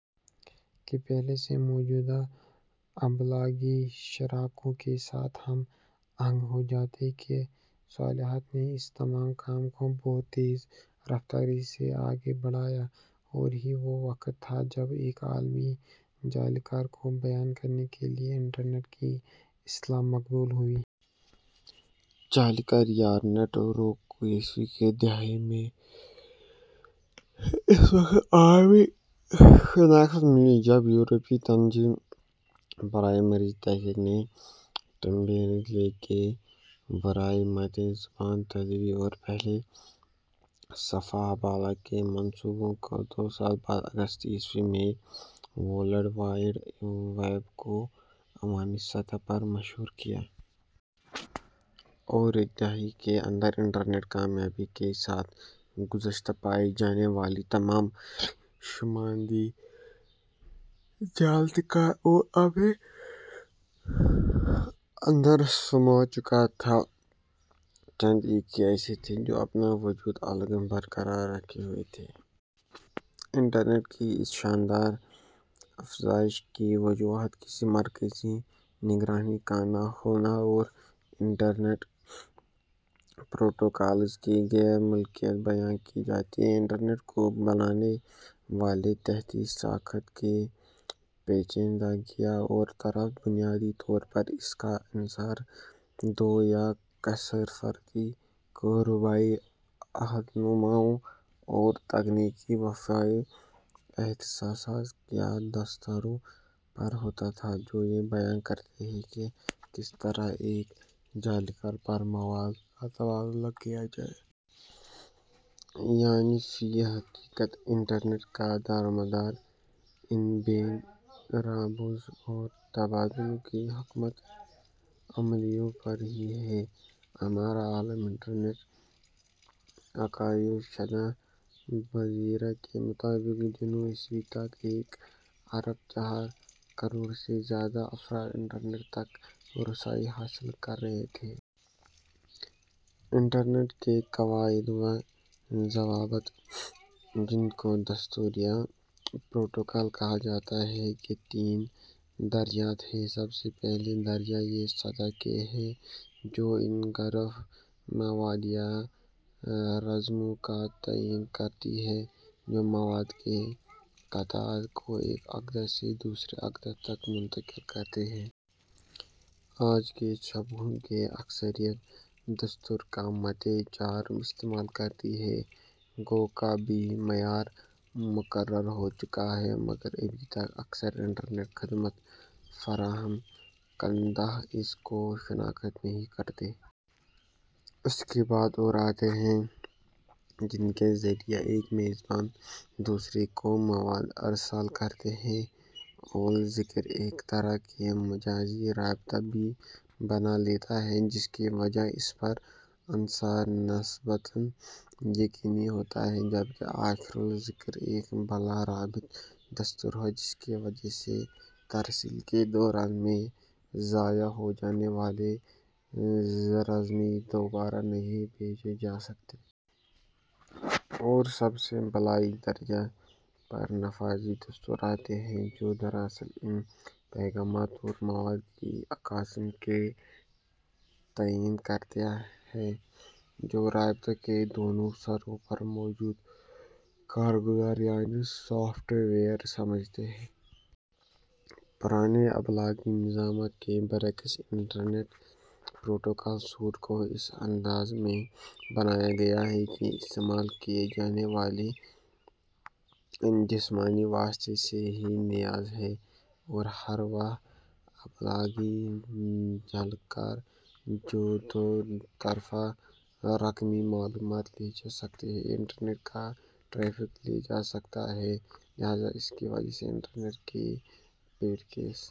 / کی پہلے سے موجود ابلاغی شراکوں کے ساتھ ہم آہنگ ہوجانے کی صلاحیت نے اس تمام کام کو بہت تیز رفتاری سے آگے بڑھایا۔ اور یہی وہ وقت تھا جب ایک عالمی / جالِکار کو بیان کرنے کے لیے انٹرنیٹ کی اصطلاح مقبول ہوئی۔ جالِکار یا نیٹ ورک کو ء کی دہائی میں اس وقت عوامی شناخت ملی جب یورپی تنظیم برائے مرکزی تحقیق نے ٹـم بیرنر لی کے ورائےمتن زبان تدوین ، اور پہلے صفحہ حبالہ کے منصوبوں کے دو سال بعد اگست ء میں ورلـڈ وائـڈ ویـب کو عوامی سطح پر مشہور کیا۔ اور ایک دہائی کے اندر انٹرنیٹ کامیابی کے ساتھ گذشتہ پائے جانے والے تمام شمارندی جالاتِکار کو اپنے اندر سمو چکا تھا۔ چند ایک ہی ایسے تھے جو اپنا وجود الگ برقرار رکھے ہوئے تھے۔ انٹرنیٹ کی اس شاندار افزائش کی وجوہات، کسی مرکزی نگرانی کا نہ ہونا اور انٹرنیٹ پروٹوکولز کی غیر ملکیت بیان کی جاتی ہے۔ انٹرنیٹ کو بنانے والی تحتی ساخت کی پیچیدگیاں ایک طرف، بنیادی طور پر اِس کا انحصار دو یا کثیرفرقی کاروباری عہدناموں اور تکنیکی و فنی اختصاصات یا دستوروں پر ہوتا ہے جو یہ بیان کرتے ہیں کہ کس طرح ایک جالِکار پر مواد کا تبادلہ کیا جائے۔ یعنی فی الحقیقت، انٹرنیٹ کا دارومدار ان بین الروابط اور تبادلوں کی حکمت عملیوں پر ہی ہے۔ امارہ عالم انٹرنیٹ آرکائیو شدہ بذریعہ. کے مطابق جون ء تک ایک ارب چار کروڑ سے زائد افراد انٹرنیٹ تک رسائی حاصل کر رہے تھے۔ انٹرنیٹ کے قواعد و ضوابط، جن کو دستور یا پروٹوکول کہا جاتا ہے کے تین درجات ہیں: سب سے پہلا درجہ یا سطح کا ہے جو ان گراف مواد یا رزموں کا تعین کرتی ہے جو مواد کے قطعات کو ایک عقدہ سے دوسرے عقدہ تک منتقل کرتے ہیں۔ آج کے شبکوں کی اکثریت دستور کا متن چہارم استعمال کرتی ہے۔ گو کا بھی معیار مقرر ہو چکا ہے مگر ابھی تک اکثر انٹرنیٹ خدمت فراہم کنندہ اس کو شناخت نہیں کرتے۔ اس کے بعد اور آتے ہیں جن کے ذریعہ ایک میزبان دوسرے کو مواد ارسال کرتا ہے۔ اول الذکر ایک طرح کا مجازی رابطہ بھی بنالیتا ہے جس کی وجہ اس پر انحصار نسبتاً یقینی ہوتا ہے جبکہ آخر الذکر ایک بلا رابط دستور ہے جس کی وجہ سے ترسیل کے دوران میں ضائع ہوجانے والے رزمے دوبارہ نہیں بھیجے جا سکتے۔ اور سب سے بالائی درجہ پر نفاذی دستور آتے ہیں جو دراصل ان پیغامات اور مواد کی اقسام کا تعین کرتا ہے جو رابطہ کے دونوں سروں پر موجود کارگزار یعنی سوفٹ ویئر سمجھتے ہیں۔ پرانے ابلاغی نظامات کے برعکس انٹرنیٹ پروٹوکول سوٹ کو اس انداز میں بنایا گیا ہے کہ یہ استعمال کیے جانے والے جسمانی واسطے سے بے نیاز ہے اور ہر وہ ابلاغی جالکار جو دو طرفہ رقمی معلومات لے جا سکتا ہو انٹرنیٹ کا ٹریفیک لے جا سکتا ہے۔ لہذا اسی وجہ سے انٹرنیٹ کے پیکیٹس ؛